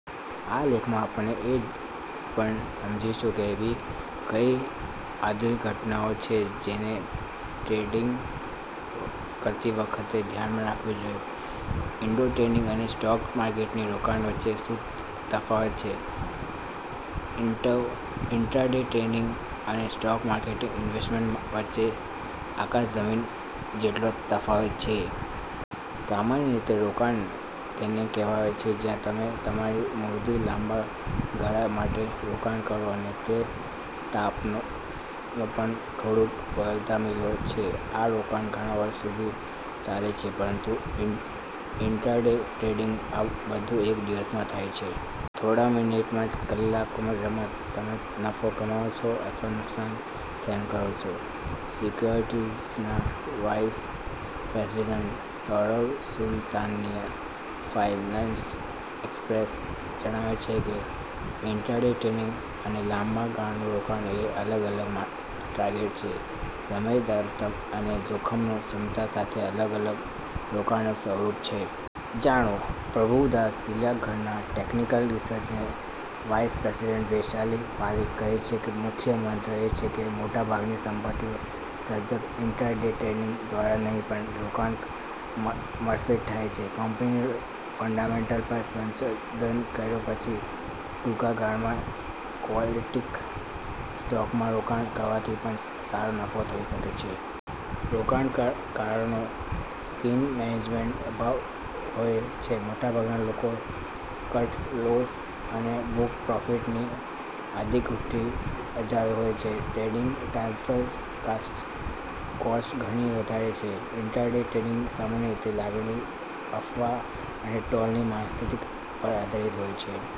આ લેખમાં, આપણે એ પણ સમજીશું કે એવી કઇ આંટીઘૂંટીઓ છે જેને ટ્રેડિંગ કરતી વખતે ધ્યાનમાં રાખવી જોઈએ. ઇન્ટ્રાડે ટ્રેડિંગ અને સ્ટોક માર્કેટમાં રોકાણ વચ્ચે શું તફાવત છે? ઈન્ટ્રા-ડે ટ્રેન્ડિંગ અને સ્ટોક માર્કેટ ઈન્વેસ્ટમેન્ટ વચ્ચે આકાશ-જમીન જેટલો તફાવત છે. સામાન્ય રીતે રોકાણ તેને કહેવાય છે, જ્યાં તમે તમારી મૂડીનું લાંબા ગાળા માટે રોકાણ કરો અને તે થાપણો પર થોડુંક વળતર મેળવો છે. આ રોકાણ ઘણા વર્ષો સુધી ચાલે છે પરંતુ ઇન્ટ્રા-ડે ટ્રેડિંગમાં આ બધું એક દિવસમાં થાય છે. થોડી મિનિટો કે કલાકોની રમતમાં, તમે નફો કમાવો છો અથવા નુકસાન સહન કરો છો. સિક્યોરિટીઝના vice president Saurav Sultania financial એક્સપ્રેસને જણાવે છે કે, "ઇન્ટ્રા-ડે ટ્રેડિંગ અને લાંબા ગાળાનું રોકાણ એ અલગ-અલગ ટાર્ગેટ, સમયમર્યાદા અને જોખમ ક્ષમતા સાથે અલગ-અલગ રોકાણના સ્વરૂપ છે. જાણો પ્રભુદાસ લીલાધરના ટેકનિકલ રિસર્ચના વાઇસ પ્રેસિડેન્ટ વૈશાલી પારેખ કહે છે કે, "મુખ્ય મંત્ર એ છે કે 'મોટાભાગની સંપત્તિનું સર્જન ઇન્ટ્રા – ડે ટ્રેડિંગ દ્વારા નહીં પણ રોકાણ મારફતે થાય છે. ' કંપનીના ફંડામેન્ટલ્સ પર સંશોધન કર્યા પછી ટૂંકા ગાળામાં ક્વોલિટી સ્ટોક્સમાં રોકાણ કરવાથી પણ સારો નફો થઈ શકે છે. રોકાણકારોમાં રિસ્ક મેનેજમેન્ટનો અભાવ હોય છે. મોટાભાગના લોકો 'કટ લોસ' અને 'બુક-પ્રોફિટ'ની આંટીઘૂંટીથી અજાણ હોય છે. ટ્રેડિંગમાં ટ્રાન્ઝેક્શન કોસ્ટ ઘણી વધારે છે. ઈન્ટ્રા-ડે ટ્રેડિંગ સામાન્ય રીતે લાગણી, અફવા અને ટોળાની માનસિકતા પર આધારિત હોય છે.